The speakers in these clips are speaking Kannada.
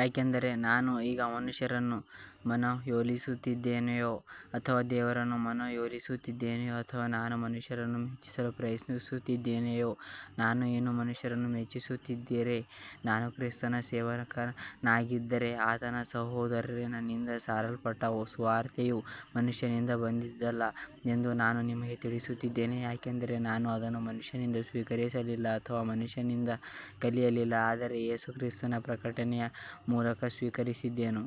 ಯಾಕಂದರೆ ನಾನು ಈಗ ಮನುಷ್ಯರನ್ನು ಮನವೊಲಿಸುತ್ತೇನೆಯೋ ಅಥವಾ ದೇವರನ್ನು ಮನವೊಲಿಸುತ್ತೇನೆಯೋ, ಅಥವಾ ನಾನು ಮನುಷ್ಯರನ್ನು ಮೆಚ್ಚಿಸಲು ಪ್ರಯತ್ನಿಸುತ್ತೇನೆಯೋ, ನಾನು ಇನ್ನೂ ಮನುಷ್ಯರನ್ನು ಮೆಚ್ಚಿಸುತ್ತಿದ್ದರೆ ನಾನು ಕ್ರಿಸ್ತನ ಸೇವಕನಾಗಿರಲಾರೆ. ಆದರೆ ಸಹೋದರರೇ, ನನ್ನಿಂದ ಸಾರಲ್ಪಟ್ಟ ಸುವಾರ್ತೆಯು ಮನುಷ್ಯನಿಂದ ಬಂದದ್ದಲ್ಲ ಎಂದು ನಾನು ನಿಮಗೆ ತಿಳಿಸುತ್ತೇನೆ. ಯಾಕಂದರೆ ನಾನು ಅದನ್ನು ಮನುಷ್ಯನಿಂದ ಸ್ವೀಕರಿಸಲಿಲ್ಲ, ಅಥವಾ ಮನುಷ್ಯನಿಂದ ಕಲಿಯಲಿಲ್ಲ, ಆದರೆ ಯೇಸು ಕ್ರಿಸ್ತನ ಪ್ರಕಟನೆಯ ಮೂಲಕ ಸ್ವೀಕರಿಸಿದೆನು.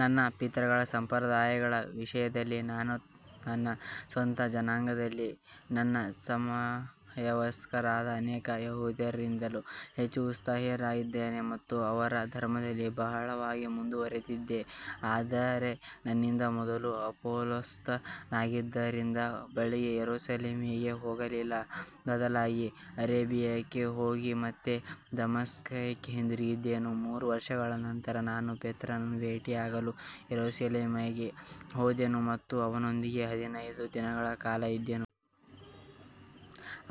ನನ್ನ ಪಿತೃಗಳ ಸಂಪ್ರದಾಯಗಳ ವಿಷಯದಲ್ಲಿ ನಾನು ನನ್ನ ಸ್ವಂತ ಜನಾಂಗದಲ್ಲಿ ನನ್ನ ಸಮವಯಸ್ಕರಾದ ಅನೇಕ ಯೆಹೂದ್ಯರಿಗಿಂತ ಹೆಚ್ಚು ಉತ್ಸಾಹಿಯಾಗಿದ್ದೆ ಮತ್ತು ಅವರ ಧರ್ಮದಲ್ಲಿ ಬಹಳವಾಗಿ ಮುಂದುವರಿದಿದ್ದೆ. ಆದರೆ ನನಗಿಂತ ಮೊದಲು ಅಪೊಸ್ತಲರಾಗಿದ್ದವರ ಬಳಿಗೆ ಯೆರೂಸಲೇಮಿಗೆ ಹೋಗಲಿಲ್ಲ, ಬದಲಾಗಿ ಅರೇಬಿಯಾಕ್ಕೆ ಹೋಗಿ ಮತ್ತೆ ದಮಸ್ಕಕ್ಕೆ ಹಿಂದಿರುಗಿದೆನು. ಮೂರು ವರ್ಷಗಳ ನಂತರ ನಾನು ಪೇತ್ರನನ್ನು ಭೇಟಿಯಾಗಲು ಯೆರೂಸಲೇಮಿಗೆ ಹೋದೆನು ಮತ್ತು ಅವನೊಂದಿಗೆ ಹದಿನೈದು ದಿನಗಳ ಕಾಲ ಇದ್ದೆನು.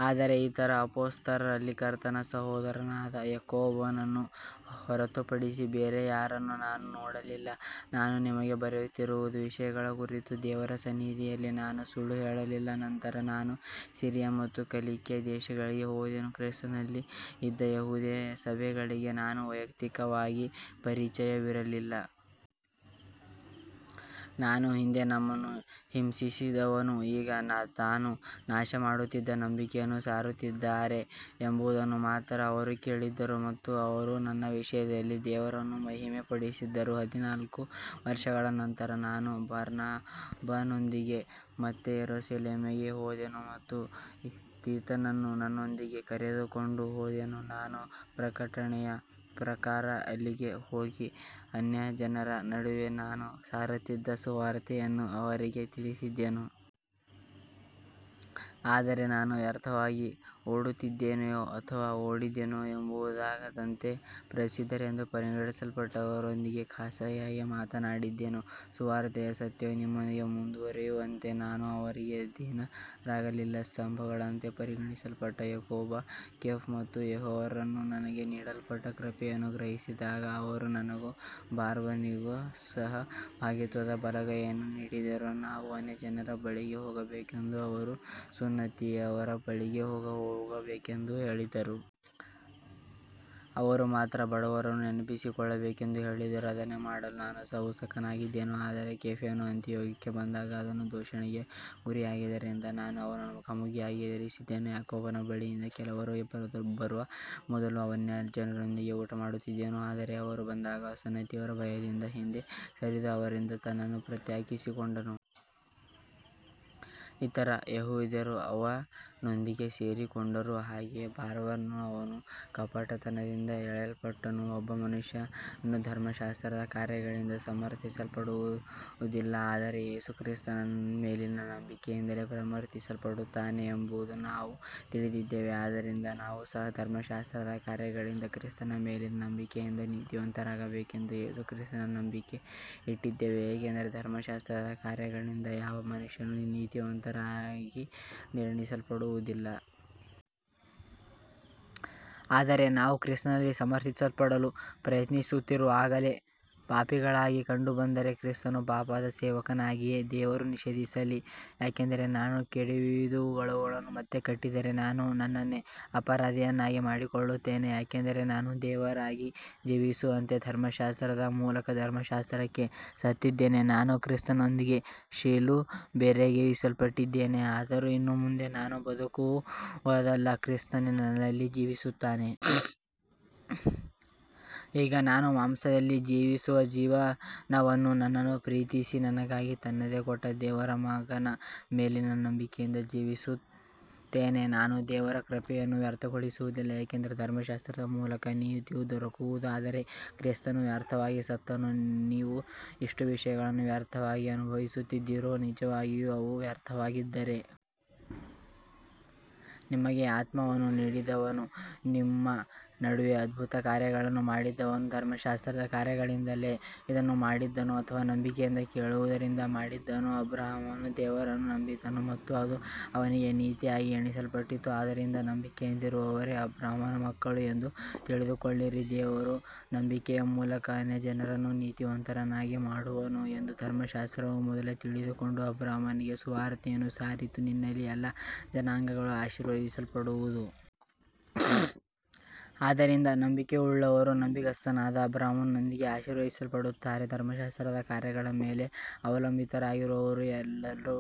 ಆದರೆ ಇತರ ಅಪೊಸ್ತಲರಲ್ಲಿ ಕರ್ತನ ಸಹೋದರನಾದ ಯಾಕೋಬನನ್ನು ಹೊರತುಪಡಿಸಿ ಬೇರೆ ಯಾರನ್ನೂ ನಾನು ನೋಡಲಿಲ್ಲ. ನಾನು ನಿಮಗೆ ಬರೆಯುತ್ತಿರುವ ವಿಷಯಗಳ ಕುರಿತು ದೇವರ ಸನ್ನಿಧಿಯಲ್ಲಿ ನಾನು ಸುಳ್ಳು ಹೇಳುವುದಿಲ್ಲ. ನಂತರ ನಾನು ಸಿರಿಯ ಮತ್ತು ಕಿಲಿಕ್ಯ ದೇಶಗಳಿಗೆ ಹೋದೆನು. ಕ್ರಿಸ್ತನಲ್ಲಿ ಇದ್ದ ಯೆಹೂದ್ಯ ಸಭೆಗಳಿಗೆ ನಾನು ವೈಯಕ್ತಿಕವಾಗಿ ಪರಿಚಯವಿರಲಿಲ್ಲ. ಆದರೆ ಹಿಂದೆ ನಮ್ಮನ್ನು ಹಿಂಸಿಸಿದವನು ಈಗ ತಾನು ನಾಶಮಾಡುತ್ತಿದ್ದ ನಂಬಿಕೆಯನ್ನು ಸಾರುತ್ತಿದ್ದಾನೆ ಎಂಬುದನ್ನು ಮಾತ್ರ ಅವರು ಕೇಳಿದ್ದರು. ಮತ್ತು ಅವರು ನನ್ನ ವಿಷಯದಲ್ಲಿ ದೇವರನ್ನು ಮಹಿಮೆಪಡಿಸಿದರು. ಹದಿನಾಲ್ಕು ವರ್ಷಗಳ ನಂತರ ನಾನು ಬಾರ್ನಬನೊಂದಿಗೆ ಮತ್ತೆ ಯೆರೂಸಲೇಮಿಗೆ ಹೋದೆನು ಮತ್ತು ತೀತನನ್ನೂ ನನ್ನೊಂದಿಗೆ ಕರೆದುಕೊಂಡು ಹೋದೆನು. ನಾನು ಪ್ರಕಟಣೆಯ ಪ್ರಕಾರ ಅಲ್ಲಿಗೆ ಹೋಗಿ, ಅನ್ಯಜನರ ನಡುವೆ ನಾನು ಸಾರುತ್ತಿದ್ದ ಸುವಾರ್ತೆಯನ್ನು ಅವರಿಗೆ ತಿಳಿಸಿದೆನು. ಆದರೆ ನಾನು ವ್ಯರ್ಥವಾಗಿ ಓಡುತ್ತಿದ್ದೇನೋ ಅಥವಾ ಓಡಿದ್ದೇನೋ ಎಂಬುದಾಗದಂತೆ, ಪ್ರಸಿದ್ಧರೆಂದು ಪರಿಗಣಿಸಲ್ಪಟ್ಟವರೊಂದಿಗೆ ಖಾಸಗಿಯಾಗಿ ಮಾತನಾಡಿದೆನು. ಸುವಾರ್ತೆಯ ಸತ್ಯವು ನಿಮ್ಮೊಂದಿಗೆ ಮುಂದುವರಿಯುವಂತೆ ನಾವು ಅವರಿಗೆ ಅಧೀನರಾಗಲಿಲ್ಲ. ಸ್ತಂಭಗಳಂತೆ ಪರಿಗಣಿಸಲ್ಪಟ್ಟ ಯಾಕೋಬ, ಕೇಫ ಮತ್ತು ಯೋಹಾನರು ನನಗೆ ನೀಡಲ್ಪಟ್ಟ ಕೃಪೆಯನ್ನು ಗ್ರಹಿಸಿದಾಗ, ಅವರು ನನಗೂ ಬಾರ್ನಬನಿಗೂ ಸಹಭಾಗಿತ್ವದ ಬಲಗೈಯನ್ನು ನೀಡಿದರು, ನಾವು ಅನ್ಯಜನರ ಬಳಿಗೆ ಹೋಗಬೇಕೆಂದೂ ಅವರು ಸುನ್ನತಿಯವರ ಬಳಿಗೆ ಹೋಗಬೇಕೆಂದೂ ಹೇಳಿದರು. ಅವರು ಮಾತ್ರ ಬಡವರನ್ನು ನೆನಪಿಸಿಕೊಳ್ಳಬೇಕೆಂದು ಹೇಳಿದರು, ಅದನ್ನೇ ಮಾಡಲು ನಾನು ಸಹ ಉತ್ಸುಕನಾಗಿದ್ದೆನು. ಆದರೆ ಕೇಫನು ಅಂತಿಯೋಕ್ಯಕ್ಕೆ ಬಂದಾಗ ಅವನು ದೂಷಣೆಗೆ ಗುರಿಯಾಗಿದ್ದರಿಂದ ನಾನು ಅವನನ್ನು ಮುಖಾಮುಖಿಯಾಗಿ ಎದುರಿಸಿದೆನು. ಯಾಕೋಬನ ಬಳಿಯಿಂದ ಕೆಲವರು ಬರುವ ಮೊದಲು ಅವನು ಅನ್ಯಜನರೊಂದಿಗೆ ಊಟಮಾಡುತ್ತಿದ್ದನು, ಆದರೆ ಅವರು ಬಂದಾಗ ಸುನ್ನತಿಯವರ ಭಯದಿಂದ ಹಿಂದೆ ಸರಿದು ಅವರಿಂದ ತನ್ನನ್ನು ಪ್ರತ್ಯೇಕಿಸಿಕೊಂಡನು. ಇತರ ಯೆಹೂದ್ಯರೂ ಅವನೊಂದಿಗೆ ಸೇರಿಕೊಂಡರು, ಹಾಗೆಯೇ ಬಾರ್ನಬನೂ ಅವರ ಕಪಟತನದಿಂದ ಎಳೆಯಲ್ಪಟ್ಟನು. ಒಬ್ಬ ಮನುಷ್ಯನು ಧರ್ಮಶಾಸ್ತ್ರದ ಕಾರ್ಯಗಳಿಂದ ಸಮರ್ಥಿಸಲ್ಪಡುವುದಿಲ್ಲ, ಆದರೆ ಯೇಸು ಕ್ರಿಸ್ತನ ಮೇಲಿನ ನಂಬಿಕೆಯಿಂದಲೇ ಸಮರ್ಥಿಸಲ್ಪಡುತ್ತಾನೆ ಎಂಬುದನ್ನು ನಾವು ತಿಳಿದಿದ್ದೇವೆ. ಆದ್ದರಿಂದ ನಾವು ಸಹ ಧರ್ಮಶಾಸ್ತ್ರದ ಕಾರ್ಯಗಳಿಂದಲ್ಲ, ಕ್ರಿಸ್ತನ ಮೇಲಿನ ನಂಬಿಕೆಯಿಂದ ನೀತಿವಂತರಾಗಬೇಕೆಂದು ಯೇಸು ಕ್ರಿಸ್ತನಲ್ಲಿ ನಂಬಿಕೆ ಇಟ್ಟಿದ್ದೇವೆ, ಏಕೆಂದರೆ ಧರ್ಮಶಾಸ್ತ್ರದ ಕಾರ್ಯಗಳಿಂದ ಯಾವ ಮನುಷ್ಯನೂ ನೀತಿವಂತನಾಗಿ ನಿರ್ಣಯಿಸಲ್ಪಡುವುದಿಲ್ಲ. ಆದರೆ ನಾವು ಕ್ರಿಸ್ತನಲ್ಲಿ ಸಮರ್ಥಿಸಲ್ಪಡಲು ಪ್ರಯತ್ನಿಸುತ್ತಿರುವಾಗಲೇ ಪಾಪಿಗಳಾಗಿ ಕಂಡುಬಂದರೆ, ಕ್ರಿಸ್ತನು ಪಾಪದ ಸೇವಕನಾಗಿದ್ದಾನೆಯೇ, ದೇವರು ನಿಷೇಧಿಸಲಿ. ಯಾಕಂದರೆ ನಾನು ಕೆಡವಿದವುಗಳನ್ನು ಮತ್ತೆ ಕಟ್ಟಿದರೆ, ನಾನು ನನ್ನನ್ನೇ ಅಪರಾಧಿಯನ್ನಾಗಿ ಮಾಡಿಕೊಳ್ಳುತ್ತೇನೆ. ಯಾಕಂದರೆ ನಾನು ದೇವರಿಗಾಗಿ ಜೀವಿಸುವಂತೆ ಧರ್ಮಶಾಸ್ತ್ರದ ಮೂಲಕ ಧರ್ಮಶಾಸ್ತ್ರಕ್ಕೆ ಸತ್ತಿದ್ದೇನೆ. ನಾನು ಕ್ರಿಸ್ತನೊಂದಿಗೆ ಶಿಲುಬೆಗೇರಿಸಲ್ಪಟ್ಟಿದ್ದೇನೆ, ಆದರೂ ಇನ್ನು ಮುಂದೆ ನಾನು ಬದುಕುವುದಲ್ಲ, ಕ್ರಿಸ್ತನೇ ನನ್ನಲ್ಲಿ ಜೀವಿಸುತ್ತಾನೆ. ಈಗ ನಾನು ಮಾಂಸದಲ್ಲಿ ಜೀವಿಸುವ ಜೀವನವನ್ನು ನನ್ನನ್ನು ಪ್ರೀತಿಸಿ ನನಗಾಗಿ ತನ್ನನ್ನೇ ಕೊಟ್ಟ ದೇವರ ಮಗನ ಮೇಲಿನ ನಂಬಿಕೆಯಿಂದ ಜೀವಿಸುತ್ತೇನೆ. ನಾನು ದೇವರ ಕೃಪೆಯನ್ನು ವ್ಯರ್ಥಗೊಳಿಸುವುದಿಲ್ಲ, ಏಕೆಂದರೆ ಧರ್ಮಶಾಸ್ತ್ರದ ಮೂಲಕ ನೀತಿಯು ದೊರಕುವುದಾದರೆ ಕ್ರಿಸ್ತನು ವ್ಯರ್ಥವಾಗಿ ಸತ್ತನು. ನೀವು ಇಷ್ಟು ವಿಷಯಗಳನ್ನು ವ್ಯರ್ಥವಾಗಿ ಅನುಭವಿಸಿದ್ದೀರೋ, ನಿಜವಾಗಿಯೂ ಅವು ವ್ಯರ್ಥವಾಗಿದ್ದರೆ. ನಿಮಗೆ ಆತ್ಮವನ್ನು ನೀಡಿದವನೂ ನಿಮ್ಮ ನಡುವೆ ಅದ್ಭುತಕಾರ್ಯಗಳನ್ನು ಮಾಡಿದವನೂ ಧರ್ಮಶಾಸ್ತ್ರದ ಕಾರ್ಯಗಳಿಂದಲೇ ಇದನ್ನು ಮಾಡಿದನೋ ಅಥವಾ ನಂಬಿಕೆಯಿಂದ ಕೇಳುವುದರಿಂದ ಮಾಡಿದನೋ. ಅಬ್ರಹಾಮನು ದೇವರನ್ನು ನಂಬಿದನು ಮತ್ತು ಅದು ಅವನಿಗೆ ನೀತಿಯಾಗಿ ಎಣಿಸಲ್ಪಟ್ಟಿತು. ಆದ್ದರಿಂದ ನಂಬಿಕೆಯಿಂದಿರುವವರೇ ಅಬ್ರಹಾಮನ ಮಕ್ಕಳು ಎಂದು ತಿಳಿದುಕೊಳ್ಳಿರಿ. ದೇವರು ನಂಬಿಕೆಯ ಮೂಲಕ ಅನ್ಯಜನರನ್ನು ನೀತಿವಂತರನ್ನಾಗಿ ಮಾಡುವನು ಎಂದು ಧರ್ಮಶಾಸ್ತ್ರವು ಮೊದಲೇ ತಿಳಿದುಕೊಂಡು ಅಬ್ರಹಾಮನಿಗೆ ಸುವಾರ್ತೆಯನ್ನು ಸಾರಿತು, ನಿನ್ನಲ್ಲಿ ಎಲ್ಲಾ ಜನಾಂಗಗಳೂ ಆಶೀರ್ವದಿಸಲ್ಪಡುವವು. ಆದ್ದರಿಂದ ನಂಬಿಕೆಯುಳ್ಳವರು ನಂಬಿಗಸ್ತನಾದ ಅಬ್ರಹಾಮನೊಂದಿಗೆ ಆಶೀರ್ವದಿಸಲ್ಪಡುತ್ತಾರೆ. ಧರ್ಮಶಾಸ್ತ್ರದ ಕಾರ್ಯಗಳ ಮೇಲೆ ಅವಲಂಬಿತರಾಗಿರುವವರು ಎಲ್ಲರೂ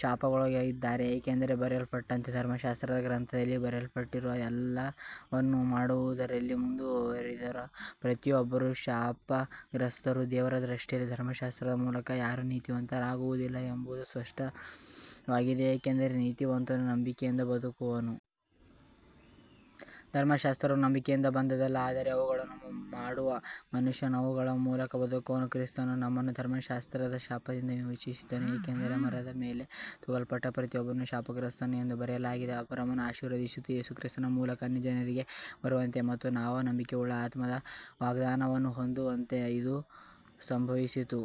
ಶಾಪದೊಳಗಿದ್ದಾರೆ, ಏಕೆಂದರೆ ಬರೆಯಲ್ಪಟ್ಟಂತೆ, ಧರ್ಮಶಾಸ್ತ್ರದ ಗ್ರಂಥದಲ್ಲಿ ಬರೆಯಲ್ಪಟ್ಟಿರುವ ಎಲ್ಲವನ್ನೂ ಮಾಡುವುದರಲ್ಲಿ ಮುಂದುವರಿಯದ ಪ್ರತಿಯೊಬ್ಬರೂ ಶಾಪಗ್ರಸ್ತರು. ದೇವರ ದೃಷ್ಟಿಯಲ್ಲಿ ಧರ್ಮಶಾಸ್ತ್ರದ ಮೂಲಕ ಯಾರೂ ನೀತಿವಂತರಾಗುವುದಿಲ್ಲ ಎಂಬುದು ಸ್ಪಷ್ಟವಾಗಿದೆ, ಏಕೆಂದರೆ ನೀತಿವಂತನು ನಂಬಿಕೆಯಿಂದ ಬದುಕುವನು. ಧರ್ಮಶಾಸ್ತ್ರವು ನಂಬಿಕೆಯಿಂದ ಬಂದದ್ದಲ್ಲ, ಆದರೆ ಅವುಗಳನ್ನು ಮಾಡುವ ಮನುಷ್ಯನು ಅವುಗಳ ಮೂಲಕ ಬದುಕುವನು. ಕ್ರಿಸ್ತನು ನಮ್ಮನ್ನು ಧರ್ಮಶಾಸ್ತ್ರದ ಶಾಪದಿಂದ ವಿಮೋಚಿಸಿದನು, ಏಕೆಂದರೆ ಮರದ ಮೇಲೆ ತೂಗಲ್ಪಟ್ಟ ಪ್ರತಿಯೊಬ್ಬನೂ ಶಾಪಗ್ರಸ್ತನು ಎಂದು ಬರೆಯಲಾಗಿದೆ. ಅಬ್ರಹಾಮನ ಆಶೀರ್ವಾದವು ಯೇಸು ಕ್ರಿಸ್ತನ ಮೂಲಕ ಅನ್ಯಜನರಿಗೆ ಬರುವಂತೆ ಮತ್ತು ನಾವು ನಂಬಿಕೆಯ ಮೂಲಕ ಆತ್ಮದ ವಾಗ್ದಾನವನ್ನು ಹೊಂದುವಂತೆ ಇದು ಸಂಭವಿಸಿತು.